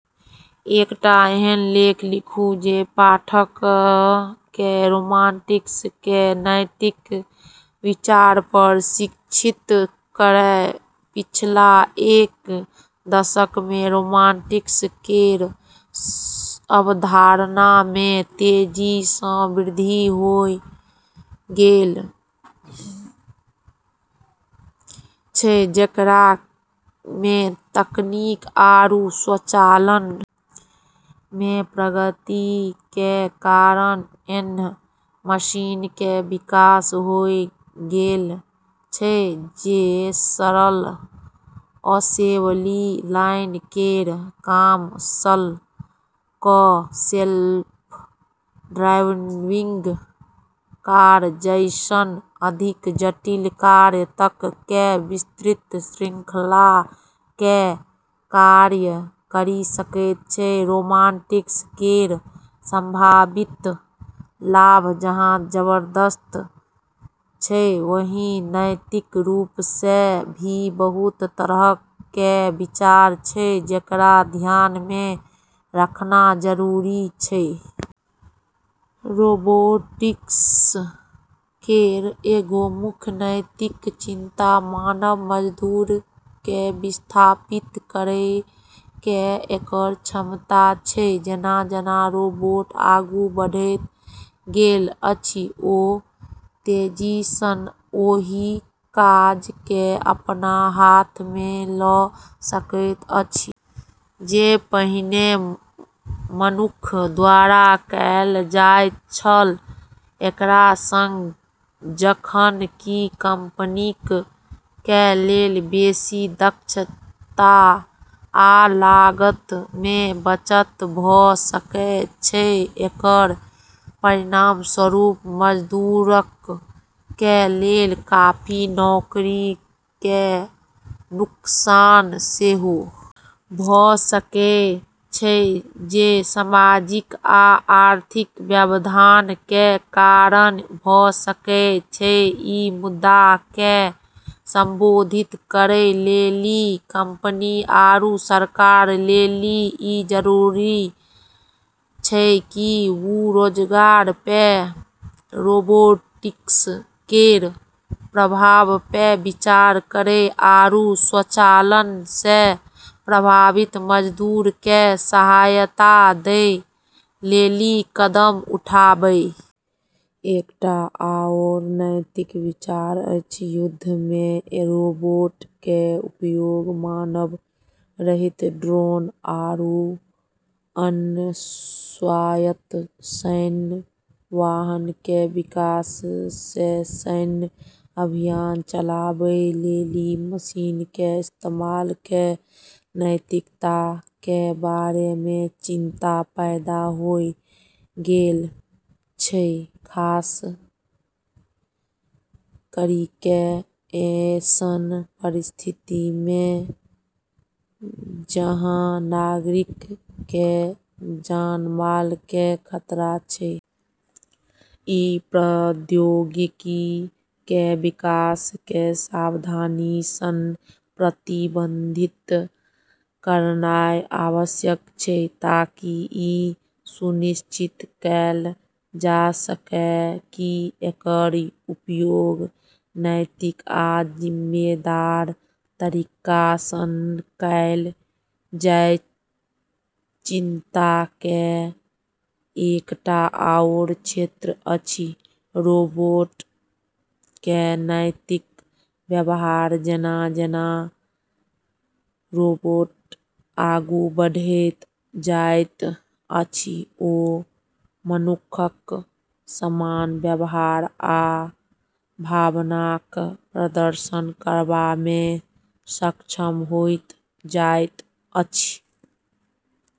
एकटा एहन लेख लिखू जे पाठक के रोबोटिक्स के नैतिक विचार पर शिक्षित करय पिछला एक दशक मे रोबोटिक्स केरऽ अवधारणा मे तेजी स॑ वृद्धि होय गेलऽ छै जेकरा मे तकनीक आरू स्वचालन मे प्रगति के कारण ऐन्हऽ मशीन के विकास होय गेलऽ छै जे सरल असेंबली लाइन केरऽ काम स ल क सेल्फ ड्राइविंग कार जैसनऽ अधिक जटिल कार्य तक के विस्तृत श्रृंखला के कार्य करी सकै छै, रोबोटिक्स केरऽ संभावित लाभ जहाँ जबरदस्त छै, वहीं नैतिक रूप से भी बहुत तरह के विचार छै जेकरा ध्यान मे रखना जरूरी छै। रोबोटिक्स केरऽ एगो मुख्य नैतिक चिंता मानव मजदूरऽ के विस्थापित करै के एकरऽ क्षमता छै जेना-जेना रोबोट आगू बढ़ैत गेल अछि ओ तेजी सं ओहि काज के अपना हाथ मे ल' सकैत अछि जे पहिने मनुक्ख द्वारा कयल जाइत छल, एकरा सं जखन कि कंपनीक कें लेल बेसि दक्षता आ लागत मे बचत भ सकय छै, एकर परिणामस्वरूप मजदूरक कें लेल काफी नौकरी कें नुकसान सेहो भ सकय छै जे सामाजिक आ आर्थिक व्यवधान कें कारण भ सकय छै, ई मुद्दा के संबोधित करै लेली कंपनी आरू सरकारऽ लेली ई जरूरी छै कि वू रोजगार पे रोबोटिक्स केरऽ प्रभाव पे विचार करै आरू स्वचालन से प्रभावित मजदूरऽ के सहायता दै लेली कदम उठाबै। एकटा आओर नैतिक विचार अछि युद्ध मे रोबोट के उपयोग मानव रहित ड्रोन आरू अन्य स्वायत्त सैन्य वाहन के विकास से सैन्य अभियान चलाबै लेली मशीन के इस्तेमाल के नैतिकता के बारे मे चिंता पैदा होय गेलऽ छै, खास करी के ऐसनऽ परिस्थिति मे जहाँ नागरिकऽ के जानमाल के खतरा छै। इ प्रौद्योगिकी कें विकास कें सावधानी सं प्रबंधित करनाय आवश्यक छै ताकि इ सुनिश्चित कैल जा सकय की एकर उपयोग नैतिक आ जिम्मेदार तरीका सं कैल जै चिंता के एकटा आओर क्षेत्र अछि रोबोट के नैतिक व्यवहार जेना-जेना रोबोट आगू बढ़ैत जाइत अछि, ओ मनुक्खक समान व्यवहार आ भावनाक प्रदर्शन करबा मे सक्षम होइत जाइत अछि।